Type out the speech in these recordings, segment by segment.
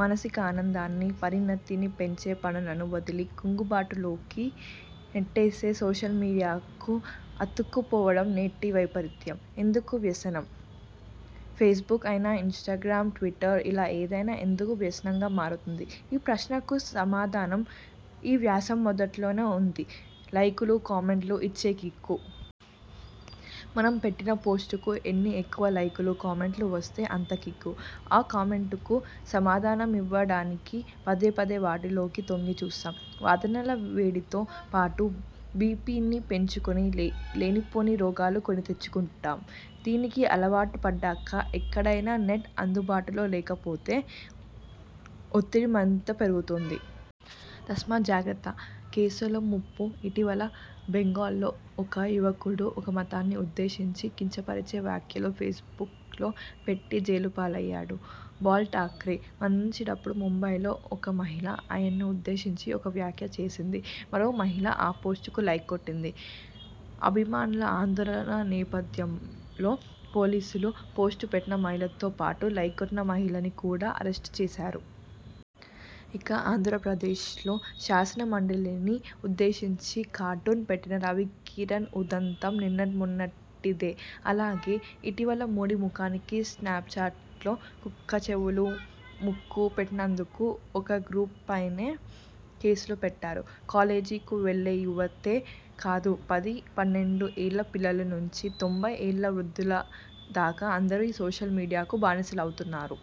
మానసిక ఆనందాన్ని, పరిణతిని పెంచే పనులను వదిలి కుంగుబాటులోకి నెట్టేసే సోషల్మీడియాకు అతుక్కుపోవడం నేటి వైపరీత్యం. ఎందుకు వ్యసనం? ఫేస్బుక్ అయినా ఇన్స్టాగ్రామ్, ట్విటర్ ఇలా ఏదైనా ఎందుకు వ్యసనంగా మారుతుంది? ఈ ప్రశ్నకు సమాధానం ఈ వ్యాసం మొదట్లోనే ఉంది. లైకులు, కామెంట్లు ఇచ్చే కిక్కు. మనం పెట్టిన పోస్టుకు ఎన్ని ఎక్కువ లైకులు, కామెంట్లు వస్తే అంత కిక్కు. ఆ కామెంట్లకు సమాధానమివ్వడానికి పదేపదే వాటిలోకి తొంగిచూస్తాం. వాదనల వేడితో పాటు బీపీని పెంచుకుని లేనిపోని రోగాలు కొనితెచ్చుకుంటాం. దీనికి అలవాటు పడ్డాక ఎక్కడైనా నెట్ అందుబాటులో లేకపోతే ఒత్తిడి మరింత పెరిగిపోతుంది. తస్మాత్ జాగ్రత్త! కేసుల ముప్పుఇటీవల బెంగాల్లో ఒక యువకుడు ఒక మతాన్ని ఉద్దేశించి కించపరిచే వ్యాఖ్యలు ఫేస్బుక్లో పెట్టి జైలుపాలయ్యాడు. బాల్ ఠాక్రే మరణించినప్పుడు ముంబైలో ఒక మహిళ ఆయన్ను ఉద్దేశించి ఒక వ్యాఖ్య చేసింది. మరో మహిళ ఆ పోస్టుకు లైక్ కొట్టింది. అభిమానుల ఆందోళన నేపథ్యంలో పోలీసులు పోస్టు పెట్టిన మహిళతో పాటు లైక్ కొట్టిన మహిళని కూడా అరెస్టు చేశారు. ఇక ఆంధ్రప్రదేశ్లో శాసన మండలిని ఉద్దేశించి కార్టూన్ పెట్టిన రవికిరణ్ ఉదంతం నిన్నమొన్నటిదే. అలాగే, ఇటీవల మోదీ ముఖానికి స్నాప్చాట్లో కుక్క చెవులు, ముక్కు పెట్టినందుకు ఒక గ్రూపుపైనే కేసు పెట్టారు. కాలేజీలకు వెళ్లే యువతే కాదు పది పన్నెండు ఏళ్ల పిల్లల నుంచి తొంభై ఏళ్ల వృద్ధుల దాకా అందరూ ఈ సోషల్ మీడియాకు బానిసలవుతున్నారు.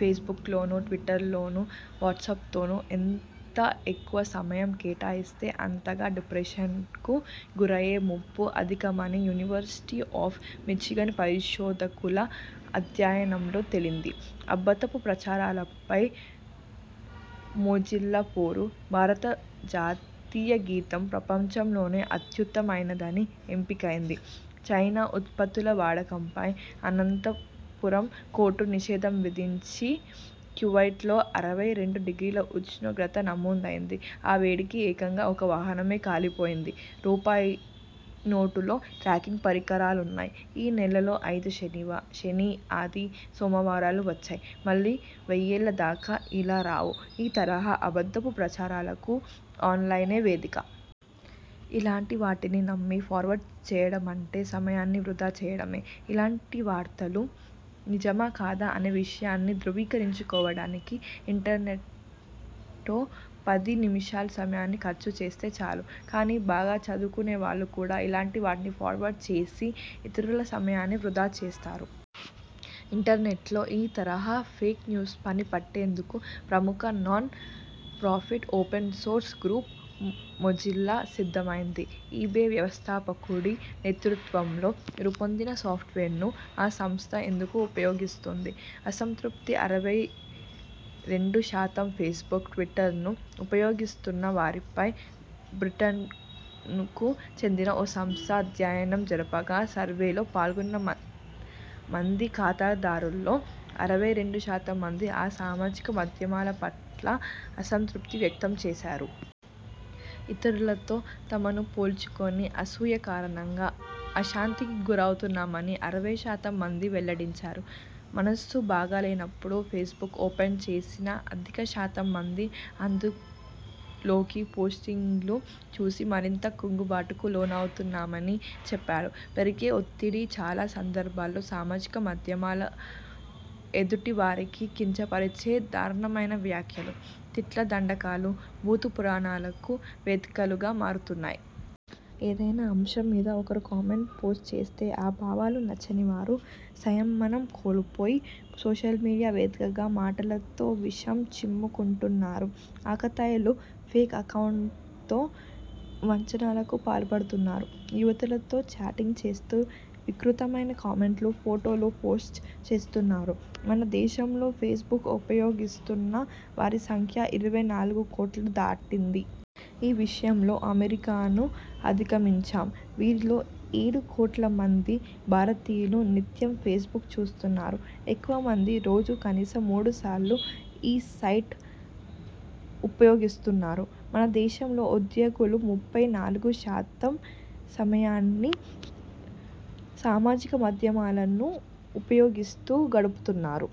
ఫేస్బుక్లోనో ట్విటర్లోనో వాట్స్పతోనో ఎంత ఎక్కువ సమయం కేటాయిస్తే అంతగా డిప్రెషన్కు గురయ్యే ముప్పు అధికమని యూనివర్సిటీ ఆఫ్ మిచిగాన్ పరిశోధకుల అధ్యయనంలో తేలింది. అబద్ధపు ప్రచారాలపై మొజిల్లా పోరు ''భారత జాతీయగీతం ప్రపంచంలోనే అత్యుత్తమమైనదిగా ఎంపికైంది చైనా ఉత్పత్తుల వాడకంపై అనంతపురం కోర్టు నిషేధం విధించింది కువాయిట్లో అరవై రెండు డిగ్రీల ఉష్ణోగ్రత నమోదైంది, ఆ వేడికి ఏకంగా ఒక వాహనమే కాలిపోయింది రూపాయలు నోటులో ట్రాకింగ్ పరికరాలున్నాయి ఈ నెలలో ఐదు శని, ఆది, సోమవారాలు వచ్చాయి మళ్లీ వెయ్యేళ్ల దాకా ఇలా రావు '' ఈ తరహా అబద్ధపు ప్రచారాలకు ఆన్లైనే వేదిక. ఇలాంటి వాటిని నమ్మి ఫార్వర్డ్ చేయడమంటే సమయాన్ని వృథా చేసుకోవడమే. ఇలాంటి వార్తలు నిజమా కాదా అనే విషయాన్ని ధ్రువీకరించుకోవడానికి ఇంటర్నెట్లో పది నిమిషాల సమయాన్ని ఖర్చు చేస్తే చాలు. కానీ, బాగా చదువుకున్నవాళ్లు కూడా ఇలాంటి వాటిని ఫార్వర్డ్ చేసి ఇతరుల సమయాన్ని వృథా చేస్తారు. ఇంటర్నెట్లో ఈ తరహా ఫేక్ న్యూస్ పని పట్టేందుకు ప్రముఖ non profit open source group Mozilla సిద్ధమైంది. ఈబే వ్యవస్థాపకుడి నేతృత్వంలో రూపొందిన సాఫ్ట్వేర్ను ఆ సంస్థ ఇందుకు ఉపయోగిస్తోంది. అసంతృప్తి అరవై రెండు శాతం ఫేస్బుక్, ట్విటర్ను ఉపయోగిస్తున్న వారిపై బ్రిటన్కు చెందిన ఒక సంస్థ అధ్యయనం జరపగా సర్వేలో పాల్గొన్న మంది ఖాతాదారుల్లో అరవై రెండు శాతం మంది ఆ సామాజిక మాధ్యమాల పట్ల అసంతృప్తి వ్యక్తం చేశారు. ఇతరులతో తమను పోల్చుకుని అసూయ కారణంగా ఆశాంతికి గురౌతున్నామని అరవై శాతం మంది వెల్లడించారు. మనసు బాగాలేనప్పుడు ఫేస్బుక్ ఓపెన్ చేసిన అధిక శాతం మంది అందులోని పోస్టింగ్లు చూసి మరింత కుంగుబాటుకు లోనవుతున్నామని చెప్పారు. పెరిగే ఒత్తిడి చాలా సందర్భాల్లో సామాజిక మాధ్యమాలు ఎదుటి వారిని కించ పరిచే దారుణమైన వ్యాఖ్యలు, తిట్ల దండకాలు, బూతు పురాణాలకు వేదికలుగా మారుతున్నాయి. ఏదైనా అంశం మీద ఒకరు కామెంట్ పోస్ట్ చేస్తే ఆ భావాలు నచ్చని వారు సంయమనం కోల్పోయి సోషల్ మీడియా వేదికగా మాటలతో విషం చిమ్ముకుంటున్నారు. ఆకతాయిలు ఫేక్ అకౌంట్లతో వంచనలకు పాల్పడుతున్నారు. యువతులతో చాటింగ్ చేస్తూ వికృతమైన కామెంట్లు, ఫొటోలు పోస్ట్ చేస్తున్నారు. మన దేశంలో ఫేస్బుక్ ఉపయోగిస్తున్న వారి సంఖ్య ఇరవై నాలుగు కోట్లు దాటింది. ఈ విషయంలో అమెరికాను అధిగమించాం. వీరిలో ఏడు కోట్ల మంది భారతీయులు నిత్యం ఫేస్బుక్ చూస్తున్నారు. ఎక్కువ మంది రోజూ కనీసం మూడుసార్లు ఈ సైట్ ఉపయోగిస్తున్నారు. మన దేశంలో ఉద్యోగులు ముప్పై నాలుగు శాతం సమయాన్ని సామాజిక మాధ్యమాలను ఉపయోగిస్తూ గడుపుతున్నారు.